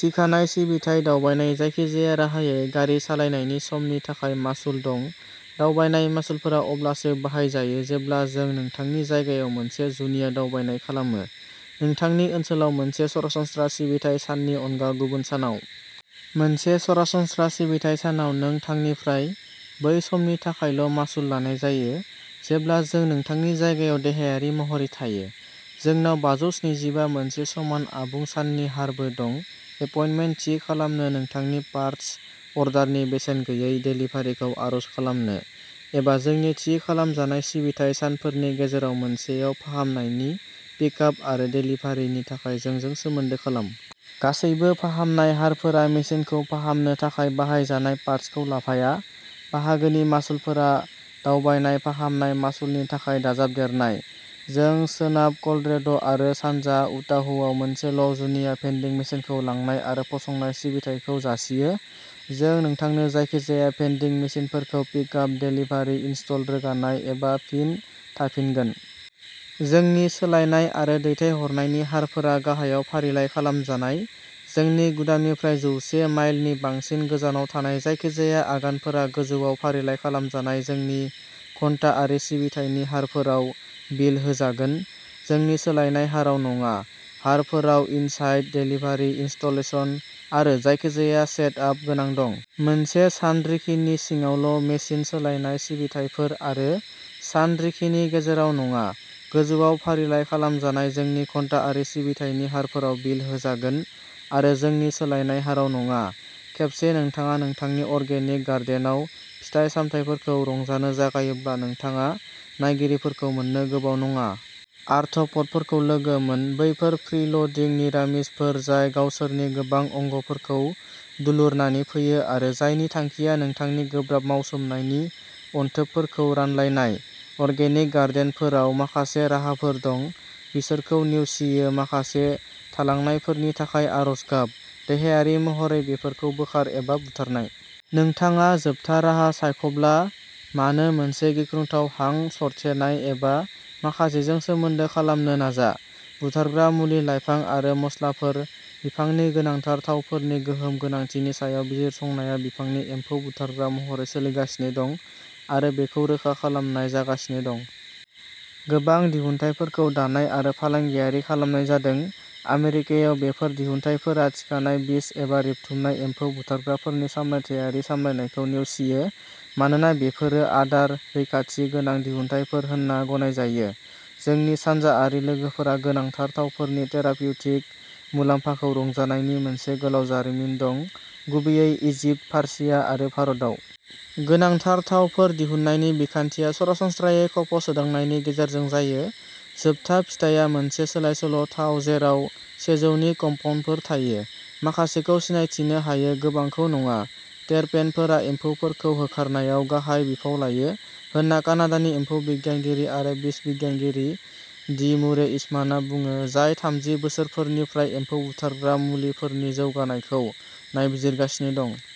थिखानाय सिबिथाय दावबायनाय, जायखिजाया राहायै गारि सालायनायनि सम नि थाखाय मासुल दं। दावबायनाय मासुलफोरा अब्लासो बाहायजायो जेब्ला जों नोंथांनि जायगायाव मोनसे जुनिया दावबायनाय खालामो, नोंथांनि ओनसोलाव मोनसे सरासनस्रा सिबिथाइ साननि अनगा गुबुन सानाव। मोनसे सरासनस्रा सिबिथाइ सानाव नों थांनिफ्राय बै समनि थाखायल'मासुल लानाय जायो जेब्ला जों नोंथांनि जायगायाव देहायारि महरै थायो। जोंनाव बाजौन्सिजिबा मोनसे समान, आबुं साननि हारबो दं। एपइन्टमेन्ट थि खालामनो, नोंथांनि पार्ट्स अर्डारनि बेसेन गैयै देलिभारिखौ आर'ज खालामनो, एबा जोंनि थि खालामजानाय सिबिथाइ सानफोरनि गेजेराव मोनसेआव फाहामनायनि पिकआप आरो देलिभारिनि थाखाय जोंजों सोमोन्दो खालाम। गासैबो फाहामनाय हारफोरा मेसिनखौ फाहामनो थाखाय बाहायजानाय पार्ट्सखौ लाफाया। बाहागोनि मासुलफोरा दावबायनाय फाहामनाय मासुलनि थाखाय दाजाबदेरनाय। जों सोनाब कलरेड' आरो सानजा उटाहआव मोनसेल' जुनिया भेन्डिं मेसिनखौ लांनाय आरो फसंनाय सिबिथाइखौ जासियो। जों नोंथांनो जायखिजाया भेन्डिं मेसिनफोरखौ पिकआप, देलिभारि, इनस्टल, रोगानाय, एबा फिन थाफिनगोन। जोंनि सोलायनाय आरो दैथायहरनायनि हारफोरा गाहायाव फारिलाइ खालामजानाय। जोंनि गुदामनिफ्राय जौसे माइलनि बांसिन गोजानाव थानाय जायखिजाया आगानफोरा गोजौआव फारिलाइ खालामजानाय जोंनि घन्टाआरि सिबिथायनि हारफोराव बिल होजागोन, जोंनि सोलायनाय हारआव नङा। हारफोराव इनसाइड देलिभारि, इनस्टलेशन आरो जायखिजाया सेटआप गोनां दं। मोनसे सानरिखिनि सिङावल' मेसिन सोलायनाय सिबिथाइफोर, आरो सानरिखिनि गेजेराव नङा, गोजौआव फारिलाइ खालामजानाय जोंनि घन्टाआरि सिबिथायनि हारफोराव बिल होजागोन, आरो जोंनि सोलायनाय हाराव नङा। खेबसे नोंथाङा नोंथांनि अर्गेनिक गार्डेनआव फिथाइ सामथाइफोरखौ रंजानो जागायोब्ला, नोंथाङा नायगिरिफोरखौ मोन्नो गोबाव नङा। आर्थ्र'प'डफोरखौ लोगो मोन। बैफोर फ्रिल'डिं निरामिसफोर जाय गावसोरनि गोबां अंगफोरखौ दुलुरनानै फैयो आरो जायनि थांखिया नोंथांनि गोब्राब मावसोमनायनि अनथोबफोरखौ रानलायनाय। अर्गेनिक गार्डेनारफोरनाव माखासे राहाफोर दं। बिसोरखौ नेवसियो माखासे थालांनायफोरनि थाखाय आरज गाब। देहायारि महरै बेफोरखौ बोखार, एबा, बुथारनाय। नोंथाङा जोबथा राहा सायख'ब्ला, मानो मोनसे गिख्रंथाव हां सरथेनाय एबा माखासेजों सोमोन्दो खालामनो नाजा। बुथारग्रा मुलि लाइफां आरो मस्लाफोर। बिफांनि गोनांथार थावफोरनि गोहोम गोनांथिनि सायाव बिजिरसंनाया बिफांनि एम्फौ बुथारग्रा महरै सोलिगासिनो दं आरो बेखौ रोखा खालामनाय जागासिनो दं। गोबां दिहुनथायफोरखौ दानाय आरो फालांगियारि खालामनाय जादों। आमेरिकायाव, बेफोर दिहुनथायफोरा थिखानाय बिस एबा रेबथुमनाय एम्फौ बुथारग्राफोरनि सामलायथायारि सामलायनायखौ नेवसियो मानोना बेफोरो आदार रैखाथि गोनां दिहुनथायफोर होनना गनायजायो। जोंनि सानजाआरि लोगोफोरा गोनांथार थावफोरनि थेरापिउटिक मुलाम्फाखौ रंजानायनि मोनसे गोलाव जारिमिन दं, गुबैयै इजिप्ट, फारसिया आरो भारतआव। गोनांथार थावफोर दिहुननायनि बिखान्थिया सरासनस्रायै खफ'सोदांनायनि गेजेरजों जायो। जोबथा फिथाया मोनसे सोलायसोल' थाव जेराव सेजौ नि कम्पाउन्डफोर थायो, माखासेखौ सिनायथिनो हायो, गोबांखौ नङा। टेरपेनइडफोरा एम्फौफोरखौ होखारनायाव गाहाय बिफाव लायो होनना कानाडानि एम्फौ बिगियानगिरि आरो बिस बिगियानगिरि डि मुरे इसमानआ बुङो, जाय थामजि बोसोरफोरनिफ्राय एम्फौ बुथारग्रा मुलिफोरनि जौगानायखौ नायबिजिरगासिनो दं।